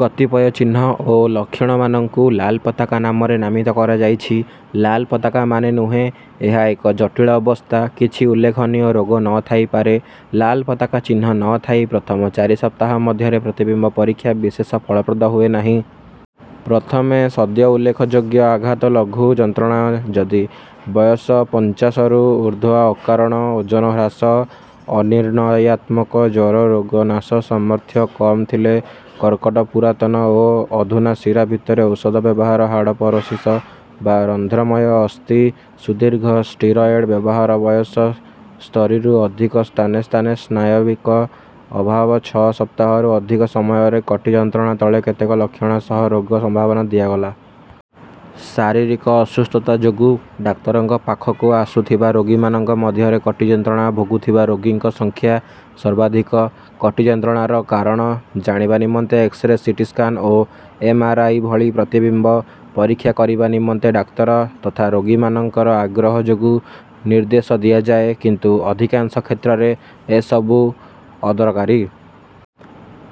କତିପୟ ଚିହ୍ନ ଓ ଲକ୍ଷଣମାନଙ୍କୁ ଲାଲ ପତାକା ନାମରେ ନାମିତ କରାଯାଇଛି। ଲାଲ ପତାକା ମାନେ ନୁହେଁ ଏହା ଏକ ଜଟିଳ ଅବସ୍ଥା। କିଛି ଉଲ୍ଲେଖନୀୟ ରୋଗ ନ ଥାଇପାରେ। ଲାଲ ପତାକା ଚିହ୍ନ ନ ଥାଇ ପ୍ରଥମ ଚାରି ସପ୍ତାହ ମଧ୍ୟରେ ପ୍ରତିବିମ୍ବ ପରୀକ୍ଷା ବିଶେଷ ଫଳପ୍ରଦ ହୁଏ ନାହିଁ। ପ୍ରଥମେ ସଦ୍ୟ ଉଲ୍ଲେଖଯୋଗ୍ୟ ଆଘାତ ଲଘୁ ଯନ୍ତ୍ରଣା ଯଦି ବୟସ ପଞ୍ଚାଶରୁ ଉର୍ଦ୍ଧ୍ୱ ଅକାରଣ ଓଜନ ହ୍ରାସ ଅନିର୍ଣ୍ଣୟାତ୍ମକ ଜ୍ୱର ରୋଗ ନାଶ ସାମର୍ଥ୍ୟ କମ ଥିଲେ କର୍କଟ ପୁରାତନ ଓ ଅଧୁନା ଶିରା ଭିତର ଔଷଧ ବ୍ୟବହାର ହାଡ଼ ପୋରୋସିସ ବା ରନ୍ଧ୍ରମୟ ଅସ୍ଥି ସୁଦୀର୍ଘ ଷ୍ଟିରଏଡ ବ୍ୟବହାର ବୟସ ସ୍ତରୀରୁ ଅଧିକ ସ୍ଥାନେ ସ୍ଥାନେ ସ୍ନାୟବିକ ଅଭାବ ଛଅ ସପ୍ତାହରୁ ଅଧିକ ସମୟର କଟି ଯନ୍ତ୍ରଣା ତଳେ କେତେକ ଲକ୍ଷଣ ସହ ରୋଗ ସମ୍ଭାବନା ଦିଆଗଲା। ଶାରୀରିକ ଅସୁସ୍ଥତା ଯୋଗୁଁ ଡାକ୍ତରଙ୍କ ପାଖକୁ ଆସୁଥିବା ରୋଗୀମାନଙ୍କ ମଧ୍ୟରେ କଟି ଯନ୍ତ୍ରଣା ଭୋଗୁଥିବା ରୋଗୀଙ୍କ ସଂଖ୍ୟା ସର୍ବାଧିକ। କଟି ଯନ୍ତ୍ରଣାର କାରଣ ଜାଣିବା ନିମନ୍ତେ ଏକ୍ସରେ ସିଟି ସ୍କାନ ଓ ଏମ ଆର ଆଇ ଭଳି ପ୍ରତିବିମ୍ବ ପରୀକ୍ଷା କରିବା ନିମନ୍ତେ ଡାକ୍ତର ତଥା ରୋଗୀମାନଙ୍କର ଆଗ୍ରହ ଯୋଗୁଁ ନିର୍ଦ୍ଦେଶ ଦିଆଯାଏ କିନ୍ତୁ ଅଧିକାଂଶ କ୍ଷେତ୍ରରେ ଏସବୁ ଅଦରକାରୀ।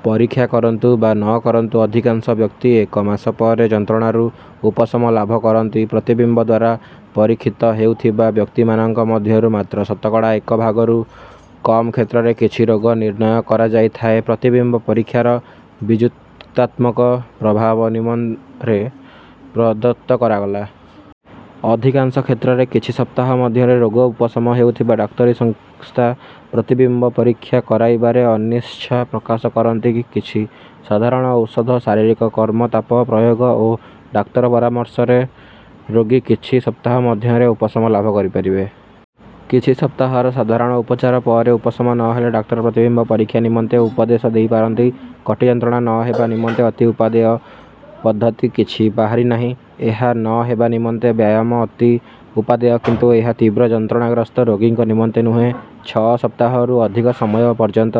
ପରୀକ୍ଷା କରନ୍ତୁ ବା ନ କରନ୍ତୁ ଅଧିକାଂଶ ବ୍ୟକ୍ତି ଏକ ମାସ ପରେ ଯନ୍ତ୍ରଣାରୁ ଉପଶମ ଲାଭ କରନ୍ତି। ପ୍ରତିବିମ୍ବ ଦ୍ୱାରା ପରୀକ୍ଷିତ ହେଉଥିବା ବ୍ୟକ୍ତିମାନଙ୍କ ମଧ୍ୟରୁ ମାତ୍ର ଶତକଡ଼ା ଏକ ଭାଗରୁ କମ କ୍ଷେତ୍ରରେ କିଛି ରୋଗ ନିର୍ଣ୍ଣୟ କରାଯାଇଥାଏ। ପ୍ରତିବିମ୍ବ ପରୀକ୍ଷାର ବିଯୁକ୍ତାତ୍ମକ ପ୍ରଭାବ ନିମ୍ନରେ ପ୍ରଦତ୍ତ କରାଗଲା। ଅଧିକାଂଶ କ୍ଷେତ୍ରରେ କିଛି ସପ୍ତାହ ମଧ୍ୟରେ ରୋଗ ଉପଶମ ହେଉଥିବାରୁ ଡାକ୍ତରୀ ସଂସ୍ଥା ପ୍ରତିବିମ୍ବ ପରୀକ୍ଷା କରାଇବାରେ ଅନିଚ୍ଛା ପ୍ରକାଶ କରନ୍ତି। କିଛି ସାଧାରଣ ଔଷଧ ଶାରୀରିକ କର୍ମ ତାପ ପ୍ରୟୋଗ ଓ ଡାକ୍ତର ପରାମର୍ଶକ୍ରମେ ରୋଗୀ କିଛି ସପ୍ତାହ ମଧ୍ୟରେ ଉପଶମ ଲାଭ କରିପାରିବେ। କିଛି ସପ୍ତାହର ସାଧାରଣ ଉପଚାର ପରେ ଉପଶମ ନ ହେଲେ ଡାକ୍ତର ପ୍ରତିବିମ୍ବ ପରୀକ୍ଷା ନିମନ୍ତେ ଉପଦେଶ ଦେଇପାରନ୍ତି। କଟି ଯନ୍ତ୍ରଣା ନ ହେବା ନିମନ୍ତେ ଅତି ଉପାଦେୟ ପଦ୍ଧତି କିଛି ବାହାରି ନାହିଁ। ଏହା ନ ହେବା ନିମନ୍ତେ ବ୍ୟାୟାମ ଅତି ଉପାଦେୟ କିନ୍ତୁ ଏହା ତୀବ୍ର ଯନ୍ତ୍ରଣାଗ୍ରସ୍ତ ରୋଗୀଙ୍କ ନିମନ୍ତେ ନୁହେଁ। ଛଅ ସପ୍ତାହରୁ ଅଧିକ ସମୟ ପର୍ଯ୍ୟନ୍ତ